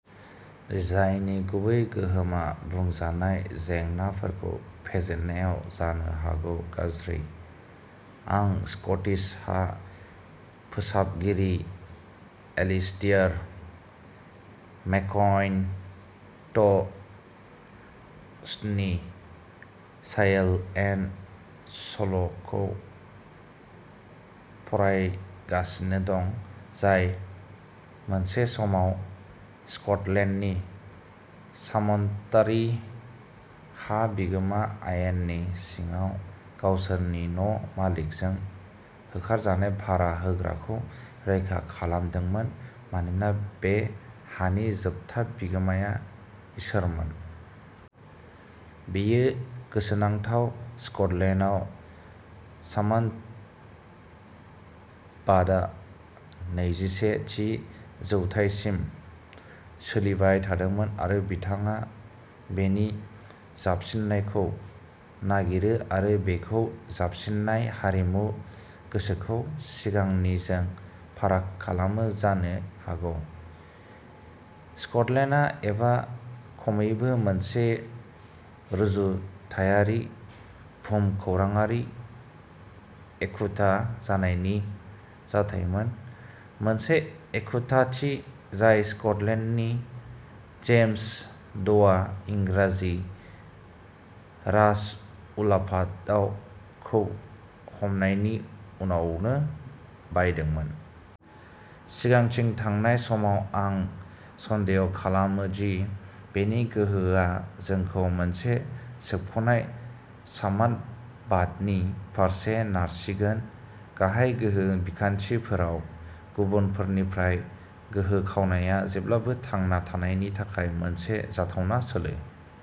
जायनि गुबै गोहोमआ बुंजानाय जेंनाफोरखौ फेजेननायाव जानो हागौ गाज्रि। आं स्कटिस हा फोसाबगिरि एलिस्टेयर मेकइनट'सनि सायेल एन्ड स'लखौ फरायगासिनो दं, जाय मोनसे समाव स्क'टलेन्डनि सामन्तारि हा बिगोमा आयेननि सिङाव गावसोरनि न' मालिकजों होखारजानाय भारा होग्राखौ रैखा खालामदोंमोन, मानोना बे हानि जोबथा बिगोमाया इसोरमोन। बेयो गोसोनांथाव स्क'टलेन्डआव सामन्तबादआ नैजिसे थि जौथायसिम सोलिबाय थादोंमोन आरो बिथाङा बेनि जाबसिननायखौ नागिरो आरो बेखौ जाबसिननाय हारिमु गोसोखौ सिगांनिजों फाराग खालामो जानो हागौ स्क'टलेन्डआ एबा खमैबो मोनसे रुजुथायारि भुमखौराङारि एखुथा जानायनि जाथायमोन, मोनसे एखुथाथि जाय स्क'टलेन्डनि जेम्स द'आ इंराजि राजउलाफादखौ हमनायनि उनावनो बायदोंमोन। सिगांथिं थांनाय समाव आं सन्देह' खालामो दि बेनि गोहोआ जोंखौ मोनसे सोबख'नाय सामन्तबादनि फारसे नारसिगोन। गाहाय गोहो बिखान्थिफोराव गुबुनफोरनिफ्राय गोहो खावनाया जेब्लाबो थांना थानायनि थाखाय मोनसे जाथावना सोलो।